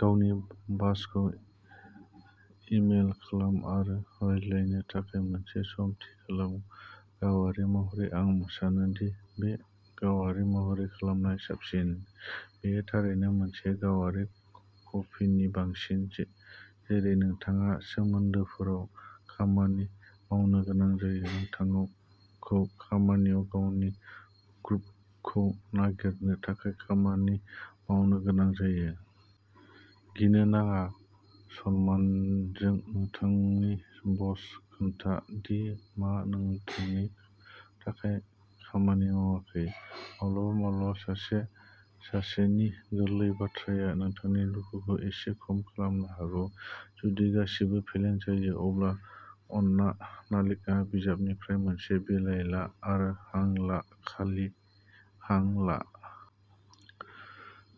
गावनि बसखौ इमेल खालाम आरो रायज्लायनो थाखाय मोनसे सम थि खालाम। गावारि महरै, आं सानो दि बेखौ गावारि महरै खालामनाया साबसिन; बेयो थारैनो मोनसे गावारि कन्भ'नि बांसिन। जेरै नोंथाङा सोमोन्दोफोराव खामानि मावनो गोनां जायो, नोंथांखौ खामानियाव गावनि ग्रुभखौ नागिरनो थाखाय खामानि मावनो गोनां जायो। गिनो नाङा, सनमानजों, नोंथांनि बसनो खोन्था दि मा नोंथांनि थाखाय खामानि मावाखै। माब्लाबा माब्लाबा सासे-सासेनि गोरलै बाथ्राया नोंथांनि दुखुखौ एसे खम खालामनो हागौ। जुदि गासिबो फेलें जायो, अब्ला आन्ना नालिकनि बिजाबनिफ्राय मोनसे बिलाइ ला आरो हां ला, खालि हां ला।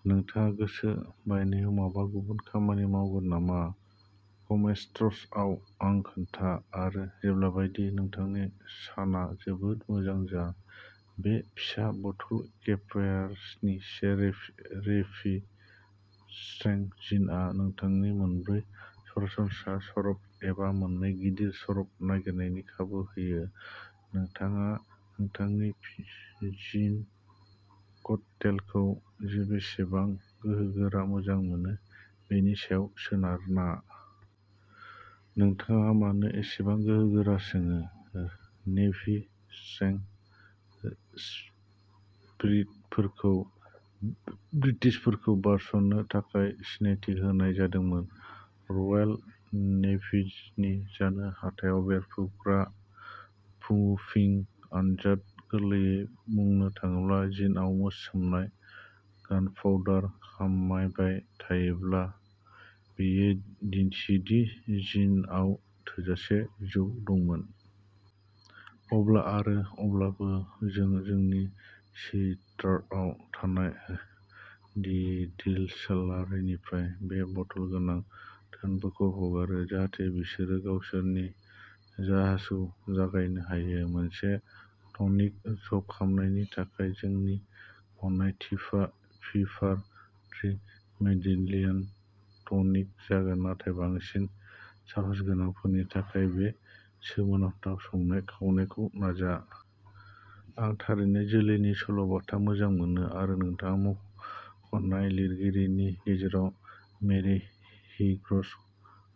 नोंथाङा गोसो बायनायाव माबा गुबुन खामानि मावगौ नामा? कमेन्ट्सआव आंनो खोन्था! आरो, जेब्लाबो बायदि, नोंथांनि साना जोबोद मोजां जा! बे फिसा बथल केम्पफायर नेभि स्ट्रेंथ जिनआ नोंथांनो मोनब्रै सरासनस्रा सार्भ एबा मोननै गिदिर सार्भ नागिरनायनि खाबु होयो, नोंथाङा नोंथांनि जिन ककटेलखौ बेसेबां गोहोगोरा मोजां मोनो बेनि सायाव सोनारना। नोंथाङा मानो एसेबां गोहोगोरा सोङो? नेभि स्ट्रेंथ स्पिरिटफोरखौ ब्रिटिशफोरखौ बारस'नो थाखाय सिनायथि होनाय जादोंमोन। रयेल नेभिनि जानो हाथाव बेरफ्रुग्रा प्रुफिं आनजाद। गोरलैयै बुंनो थाङोब्ला, जिनआव सोमनाय गानपाउडारआ खामबाय थायोब्ला बेयो दिन्थियो दि जिनआव थोजासे जौ दंमोन। अब्ला आरो अब्लासो जों जोंनि चिल्टार्न्सआव थानाय डिस्टिलारिनिफ्राय बे बटल गोनां धोनफोरखौ हगारो जाहाथे बिसोरो गावसोरनि साहसखौ जागायनो हायो। मोनसे टनिक ज'खालामनायनि थाखाय जोंनि गनायथिनायआ फिभार-ट्री मेडिटेरेनियान टनिक जागोन नाथाय बांसिन साहसगोनांफोरनि थाखाय बे सोमोनांथाव संनाय-खावनायखौ नाजा। आं थारैनो जोलैनि सल'बाथा मोजां मोनो, आरो नोंथाङा मुंख'नाय लिरगिरिफोरनि गेजेराव, मेरि हिगिन्स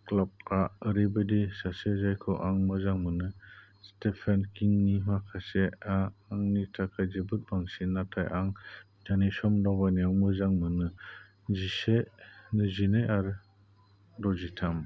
क्लार्कआ ओरैबायदि सासे जायखौ आं मोजां मोनो। स्टेफेन किंनि माखासेआ आंनि थाखाय जोबोद बांसिन, नाथाय आं बिथांनि सम-दावबायनाय मोजां मोनो जिसे नैजिनै आरो दजिथाम।